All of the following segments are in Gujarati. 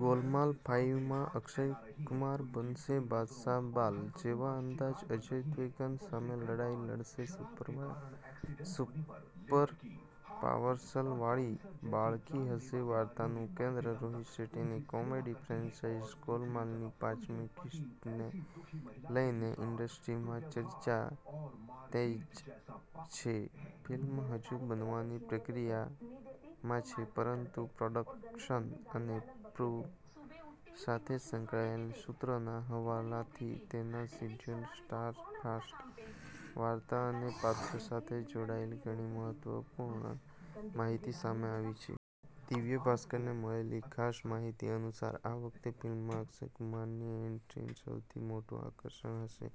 ગોલમાલ ફાઈવ માં અક્ષય કુમાર બનશે 'બાદશાહ.' 'બાલા' જેવા અંદાજમાં અજય દેવગણ સામે લડાઈ લડશે, સુપરપાવર્સવાળી બાળકી હશે વાર્તાનું કેન્દ્ર. રોહિત શેટ્ટીની કોમેડી ફ્રેન્ચાઇઝ 'ગોલમાલ'ની પાંચમી કીસ્તને લઈને ઇન્ડસ્ટ્રીમાં ચર્ચાઓ તેજ છે. ફિલ્મ હજુ બનવાની પ્રક્રિયામાં છે, પરંતુ પ્રોડક્શન અને ક્રૂ સાથે સંકળાયેલા સૂત્રોના હવાલાથી તેના શેડ્યૂલ, સ્ટારકાસ્ટ, વાર્તા અને પાત્રો સાથે જોડાયેલી ઘણી મહત્વપૂર્ણ માહિતી સામે આવી છે. દિવ્ય ભાસ્કરને મળેલી ખાસ માહિતી અનુસાર, આ વખતે ફિલ્મમાં અક્ષયની એન્ટ્રી સૌથી મોટું આકર્ષણ હશે,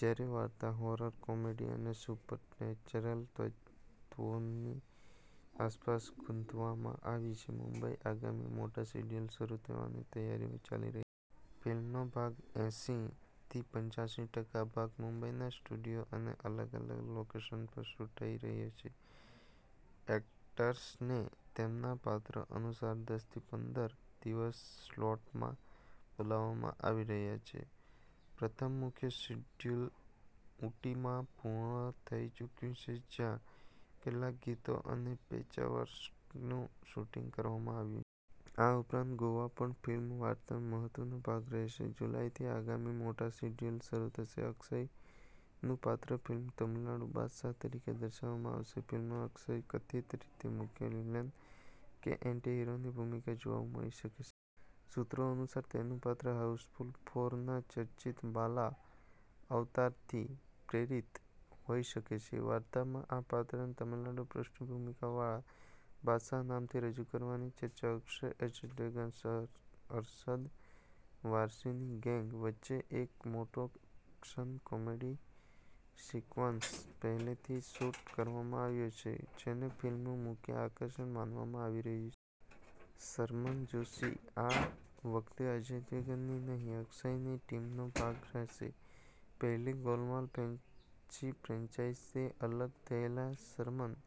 જ્યારે વાર્તા હોરર-કોમેડી અને સુપરનેચરલ તત્વોની આસપાસ ગૂંથવામાં આવી છે. મુંબઈમાં આગામી મોટા શેડ્યૂલ શરૂ થવાની તૈયારીઓ ચાલી રહી છે. ફિલ્મનો લગભગ એંસી થી પંચ્યાસી ટકા ભાગ મુંબઈના સ્ટુડિયો અને અલગ-અલગ લોકેશન્સ પર શૂટ થઈ રહ્યો છે. એક્ટર્સને તેમના પાત્રો અનુસાર દસ થી પંદર દિવસના સ્લોટમાં બોલાવવામાં આવી રહ્યા છે. પ્રથમ મુખ્ય શેડ્યૂલ ઊટીમાં પૂર્ણ થઈ ચૂક્યું છે, જ્યાં કેટલાક ગીતો અને પેચવર્કનું શૂટિંગ કરવામાં આવ્યું. આ ઉપરાંત ગોવા પણ ફિલ્મની વાર્તાનો મહત્વનો ભાગ રહેશે. જુલાઈથી આગામી મોટો શેડ્યૂલ શરૂ થશે. અક્ષયનું પાત્ર ફિલ્મમાં તમિલનાડુના 'બાદશાહ' તરીકે દર્શાવવામાં આવશે. ફિલ્મમાં અક્ષય કથિત રીતે મુખ્ય વિલન કે એન્ટી-હીરોની ભૂમિકામાં જોવા મળી શકે છે. સૂત્રો અનુસાર, તેનું પાત્ર 'હાઉસફુલ ફોર'ના ચર્ચિત 'બાલા' અવતારથી પ્રેરિત હોઈ શકે છે. વાર્તામાં આ પાત્રને તમિલનાડુની પૃષ્ઠભૂમિવાળા 'બાદશાહ' નામથી રજૂ કરવાની ચર્ચા છે. અક્ષય અને અજય દેવગન-અરશદ વારસીની ગેંગ વચ્ચે એક મોટો એક્શન-કોમેડી સિક્વન્સ પહેલેથી જ શૂટ કરવામાં આવ્યો છે, જેને ફિલ્મનું મુખ્ય આકર્ષણ માનવામાં આવી રહ્યું છે. શરમન જોશી આ વખતે અજય દેવગનની નહીં, અક્ષયની ટીમનો ભાગ હશે. પહેલી 'ગોલમાલ' પછી ફ્રેન્ચાઇઝથી અલગ થયેલા શરમન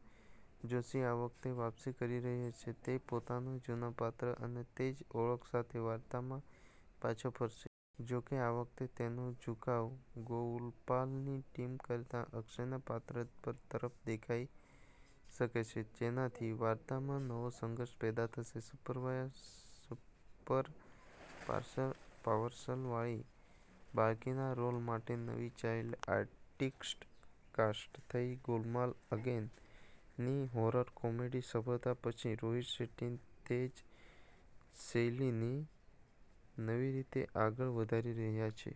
જોશી આ વખતે વાપસી કરી રહ્યો છે. તે પોતાના જૂના પાત્ર અને તે જ ઓળખ સાથે વાર્તામાં પાછો ફરશે. જોકે, આ વખતે તેનો ઝુકાવ ગોપાલની ટીમ કરતાં અક્ષયના પાત્ર તરફ દેખાઈ શકે છે, જેનાથી વાર્તામાં નવો સંઘર્ષ પેદા થશે. સુપરપાવર્સવાળી બાળકીના રોલ માટે નવી ચાઈલ્ડ આર્ટિસ્ટ કાસ્ટ થઈ. 'ગોલમાલ અગેઇન'ની હોરર-કોમેડી સફળતા પછી રોહિત શેટ્ટી તે જ શૈલીને નવી રીતે આગળ વધારી રહ્યા છે.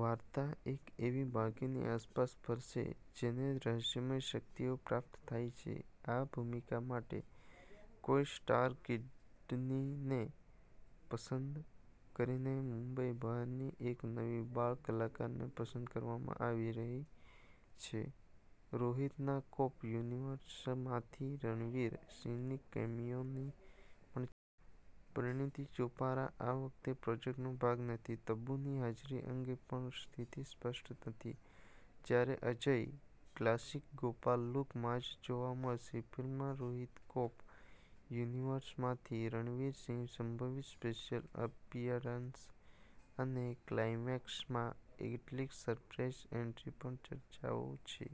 વાર્તા એક એવી બાળકીની આસપાસ ફરશે, જેને રહસ્યમય શક્તિઓ પ્રાપ્ત થાય છે. આ ભૂમિકા માટે કોઈ સ્ટારકિડને ન પસંદ કરીને મુંબઈ બહારની એક નવી બાળ કલાકારને પસંદ કરવામાં આવી છે. રોહિતના કોપ યુનિવર્સમાંથી રણવીર સિંહના કેમિયોની પણ ચર્ચા છે. પરિણીતિ ચોપરા આ વખતે પ્રોજેક્ટનો ભાગ નથી. તબુની હાજરી અંગે પણ સ્થિતિ સ્પષ્ટ નથી. જ્યારે અજય તેના ક્લાસિક 'ગોપાલ' લુકમાં જ જોવા મળશે. ફિલ્મમાં રોહિતના કોપ યુનિવર્સમાંથી રણવીર સિંહના સંભવિત સ્પેશિયલ અપિયરન્સ અને ક્લાઇમેક્સમાં કેટલીક સરપ્રાઇઝ એન્ટ્રીની પણ ચર્ચાઓ છે.